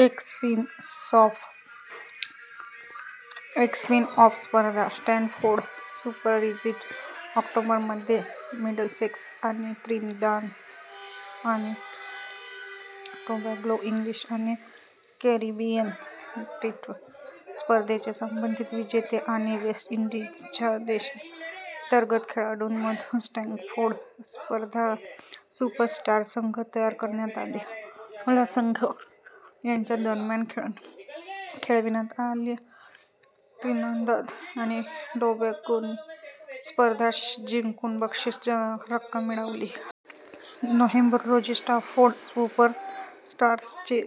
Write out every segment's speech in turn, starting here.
एक स्पिन-ऑफ स्पर्धा, Stanford super series, October मध्ये मिडलसेक्स आणि त्रिनिदाद आणि टोबॅगो, इंग्लिश आणि कॅरिबियन ट्वेंटी- स्पर्धांचे संबंधित विजेते आणि वेस्ट इंडीजच्या देशांतर्गत खेळाडूंमधून स्टॅनफोर्ड सुपरस्टार्स संघ तयार करण्यात आलेला संघ; यांच्या दरम्यान खेळविण्यात आली त्रिनिदाद आणि टोबॅगोने स्पर्धा जिंकून बक्षीस रक्कम मिळवली. नोव्हेंबर रोजी, स्टॅनफोर्ड सुपरस्टार्सने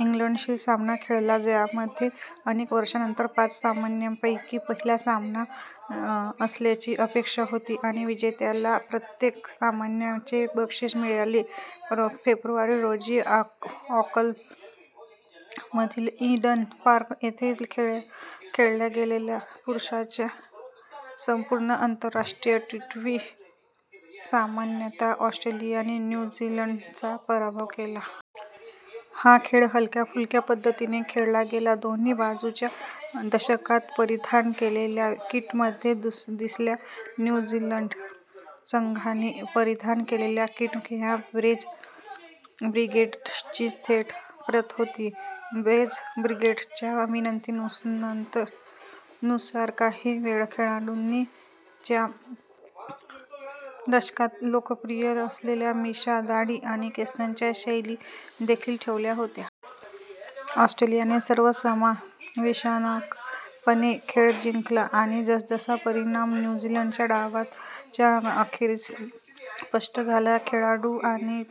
इंग्लंडशी सामना खेळला ज्यामध्ये अनेक वर्षांनंतर पाच सामन्यांपैकी पाहिला सामना असण्याची अपेक्षा होती आणि विजेत्याला प्रत्येक सामन्यात चे बक्षीस मिळाले.। फेब्रुवारी रोजी ऑकलंडमधील ईडन पार्क येथे खेळल्या गेलेल्या पुरुषांच्या संपूर्ण आंतरराष्ट्रीय ट्वेंटी सामन्यात ऑस्ट्रेलियाने न्यू झीलंडचा पराभव केला. हा खेळ हलक्या-फुलक्या पद्धतीने खेळला गेला – दोन्ही बाजू च्या दशकात परिधान केलेल्या किटमध्ये दिसल्या, न्यू झीलंड संघाने परिधान केलेल्या किट ह्या बेज ब्रिगेडची थेट प्रत होती. बेज ब्रिगेडच्या विनंतीनुसार, काही खेळाडूंनी च्या दशकात लोकप्रिय असलेल्या मिशा/दाढी आणि केसांच्या शैली देखील ठेवल्या होत्या. ऑस्ट्रेलियाने सर्वसमावेशकपणे खेळ जिंकला, आणि जसजसा परिणाम न्यू झीलंडच्या डावाच्या अखेरीस स्पष्ट झाला, खेळाडू आणि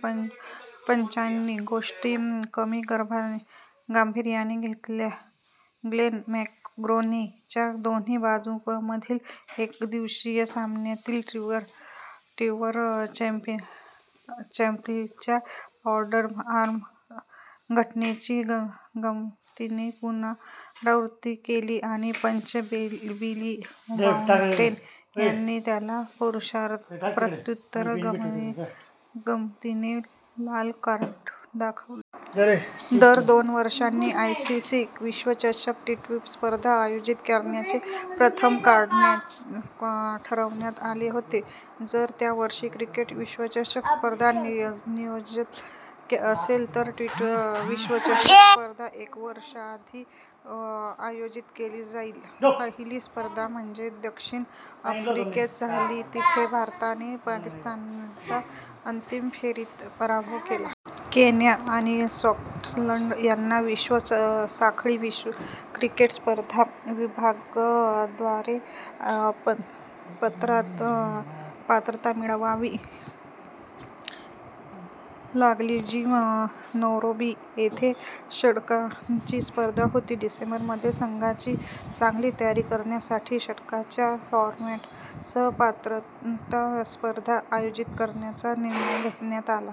पंचांनी गोष्टी कमी गांभीर्याने घेतल्या ग्लेन मॅकग्राने च्या दोन्ही बाजूंमधील एकदिवसीय सामन्यातील ट्रेव्हर चॅपलच्या अंडरआर्म घटनेची गंमतीने पुनरावृत्ती केली आणि पंच बिली बाउडेन यांनी त्याला प्रत्युत्तरात गंमतीने लाल कार्ड दाखवले. दर दोन वर्षांनी आयसीसी विश्वचषक ट्वेंटी- स्पर्धा आयोजित करण्याचे प्रथम ठरवण्यात आले होते, जर त्या वर्षी क्रिकेट विश्वचषक स्पर्धा नियोजित असेल तर ट्वेंटी- विश्वचषक स्पर्धा एक वर्ष आधी आयोजित केली जाईल. पहिली स्पर्धा मध्ये दक्षिण आफ्रिकेत झाली जिथे भारताने पाकिस्तानचा अंतिम फेरीत पराभव केला. केन्या आणि स्कॉटलंड यांना विश्व साखळी क्रिकेट स्पर्धा विभाग द्वारे पात्रता मिळवावी लागली जी नैरोबी येथे षटकांची स्पर्धा होती. डिसेंबर मध्ये संघांची चांगली तयारी करण्यासाठी षटकांच्या फॉरमॅटसह पात्रता स्पर्धा आयोजित करण्याचा निर्णय घेण्यात आला.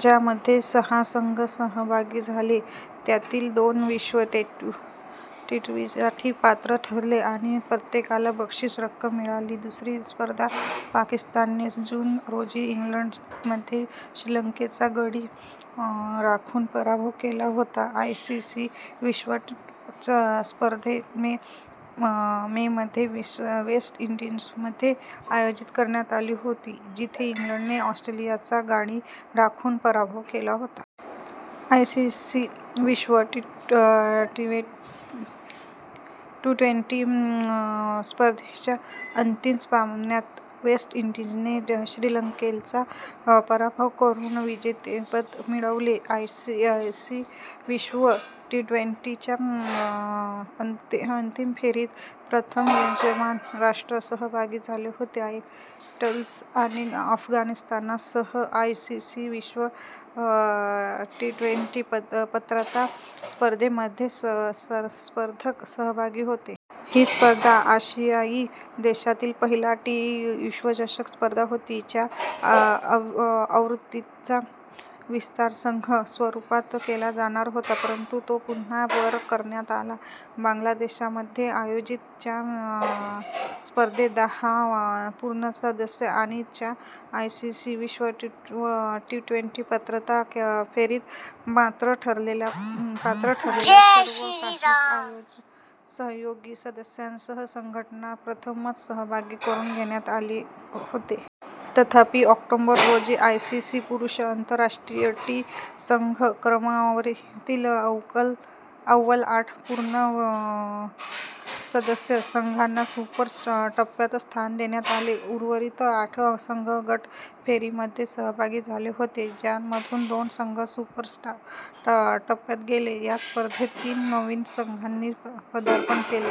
ज्यामध्ये सहा संघ सहभागी झाले, त्यातील दोन विश्व ट्वेंटी साठी पात्र ठरले आणि प्रत्येकाला बक्षीस रक्कम मिळाली. दुसरी स्पर्धा पाकिस्तानने जून रोजी इंग्लंडमध्ये श्रीलंकेचा गडी राखून पराभव केला होता. आयसीसी विश्व ट्वेंटी स्पर्धा मे मध्ये वेस्ट इंडीजमध्ये आयोजित करण्यात आली होती, जिथे इंग्लंडने ऑस्ट्रेलियाचा गडी राखून पराभव केला होता. आयसीसी विश्व ट्वेंटी स्पर्धेच्या अंतिम सामन्यात वेस्ट इंडीजने श्रीलंकेचा पराभव करून विजेतेपद मिळवले. आयसीसी विश्व ट्वेंटी- च्या अंतिम फेरीत प्रथमच यजमान राष्ट्र सहभागी झाले होते. आयर्लंड आणि अफगाणिस्तानसह आयसीसी विश्व ट्वेंटी पात्रता, स्पर्धेमध्ये स्पर्धक सहभागी होते. ही स्पर्धा आशियाई देशातील पहिला टी विश्वचषक स्पर्धा होती. च्या आवृत्तीचा विस्तार संघ स्वरूपात केला जाणार होता परंतु तो पुन्हा वर करण्यात आला. बांगलादेशमध्ये आयोजित च्या स्पर्धेत दहा पूर्ण सदस्य आणि च्या आयसीसी विश्व ट्वेंटी पात्रता फेरीत पात्र ठरलेल्या सर्व सहा सहयोगी सदस्यांसह संघांना प्रथमच सहभागी करून घेण्यात आले होते. तथापि ऑक्टोबर रोजी आयसीसी पुरुष आंतरराष्ट्रीय टी संघ क्रमवारीतील अव्वल आठ पूर्ण सदस्य संघांना सुपर टप्प्यात स्थान देण्यात आले. उर्वरित आठ संघ गट फेरीमध्ये सहभागी झाले होते, ज्यामधून दोन संघ सुपर टप्प्यात गेले. या स्पर्धेत तीन नवीन संघांनी पदार्पण केले.